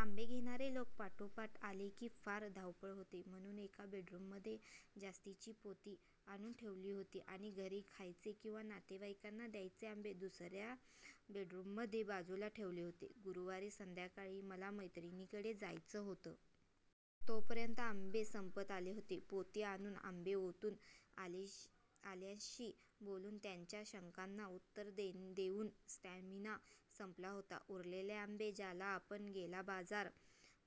आंबे घेणारे लोकं पाठोपाठ आले, की फार धावपळ होते, म्हणून एका बेडरूममध्ये जास्तीची पोती आणून ठेवली होती आणि घरी खायचे किंवा नातेवाइकांना द्यायचे आंबे दुसऱ्या बेडरूममध्ये बाजूला ठेवले होते. गुरुवारी संध्याकाळी मला मैत्रिणीकडे जायचं होतं. तोपर्यंत आंबे संपत आले होते. पोती आणून, आंबे ओतून, आलेल्यांशी बोलून त्यांच्या शंकांना उत्तरं देऊन स्टॅमिना संपला होता. उरलेले आंबे ज्याला आपण 'गेला बाजार'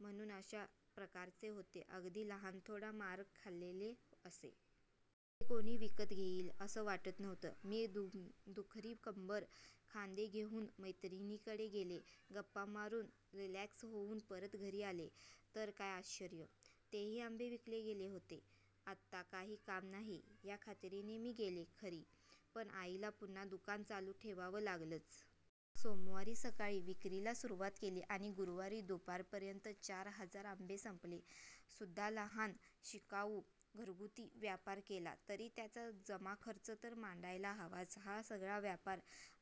म्हणू, अशा प्रकारचे होते. अगदी लहान, थोडा मार खाल्लेले असे. ते कोणी विकत घेईल, असं वाटत नव्हतं. मी दुखरी कंबर, खांदे घेऊन मैत्रिणीकडे गेले. गप्पा मारून, रिलॅक्स होऊन परत घरी आले, तर काय आश्यर्य! तेही आंबे विकले गेले होते.. आता काही काम नाही, ह्या खात्रीने मी गेले खरी, पण आईला पुन्हा दुकान चालू ठेवावं लागलंच. सोमवारी सकाळी विक्रीला सुरवात केली आणि गुरुवारी दुपारपर्यंत चार हजार आंबे संपले सुद्धालहान, शिकाऊ, घरगुती व्यापार केला तरी त्याचा जमाखर्च तर मांडायला हवाच. हा सगळा व्यापार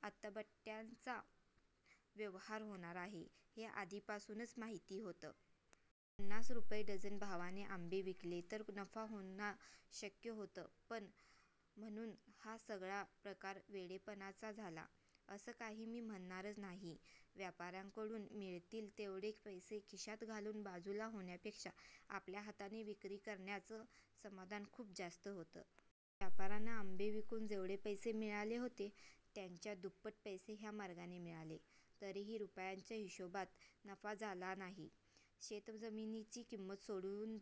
आतबट्ट्याचा व्यवहार होणार आहे, हे आधीपासूनच माहिती होतं. पन्नास रुपये डझन भावाने आंबे विकले तर नफा होणं अशक्य होतं. पण म्हणून हा सगळा प्रकार वेडेपणाचा झाला, असं काही मी म्हणणार नाही. व्यापाऱ्यांकडून मिळतील तेवढे पैसे खिशात घालून बाजूला होण्यापेक्षा आपल्या हाताने विक्री करण्याचं समाधान खूप जास्त होतं. व्यापाऱ्यांना आंबे विकून जेवढे पैसे मिळाले होते, त्याच्या दुप्पट पैसे ह्या मार्गाने मिळाले. तरीही रुपयांच्या हिशेबात नफा झाला नाही. शेतजमिनीची किंमत सोडून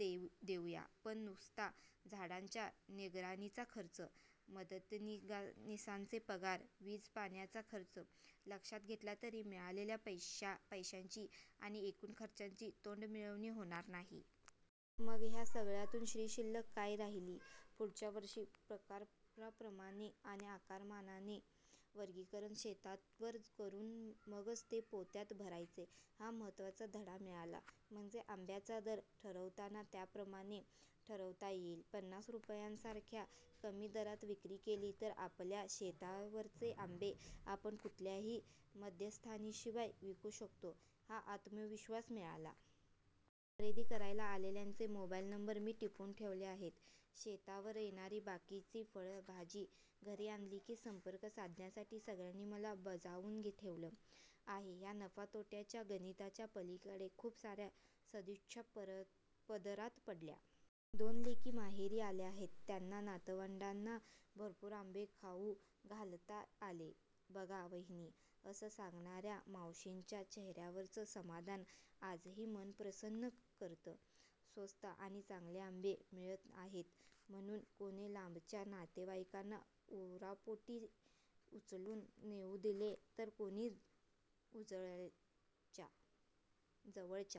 देऊया. पण नुसता झाडांच्या निगराणीचा खर्च, मदतनिसांचे पगार, वीज-पाण्याचा खर्च लक्षात घेतला तरी मिळालेल्या पैशाची आणि एकूण खर्चाची तोंडमिळवणी होणार नाही. मग ह्या सगळ्यातून श्रीशिल्लक काय राहिली? पुढच्या वर्षी प्रकाराप्रमाणे आणि आकाराप्रमाणे वर्गीकरण शेतावर करून मगच ते पोत्यात भरायचे हा महत्त्वाचा धडा मिळाला. म्हणजे आंब्यांचा दर ठरवताना त्याप्रमाणे ठरवता येईल. पन्नास रुपयांसारख्या कमी दरात विक्री केली, तर आपल्या शेतावरचे आंबे आपण कुठल्याही मध्यस्थाशिवाय विकू शकतो, हा आत्मविश्वास मिळाला. खरेदी करायला आलेल्यांचे मोबाईल नंबर मी टिपून ठेवले आहेत. शेतावर येणारी बाकीची फळं, भाजी घरी आणली की संपर्क साधण्यासाठी सगळ्यांनी मला बजावून ठेवलं आहे. ह्या नफा-तोट्याच्या गणिताच्या पलीकडे खूप साऱ्या सदिच्छा पदरात पडल्या. 'दोन लेकी माहेरी आल्या आहेत. त्यांना, नातवंडांना भरपूर आंबे खाऊ घालता आले बघा वहिनी' असं सांगणाऱ्या मावशींच्या चेहऱ्यावरचं समाधान आजही मन प्रसन्न करतं. स्वस्त आणि चांगले आंबे मिळत आहेत म्हणून कोणी लांबच्या नातेवाइकांना उरापोटी उचलून नेऊन दिले तर कोणी जवळच्या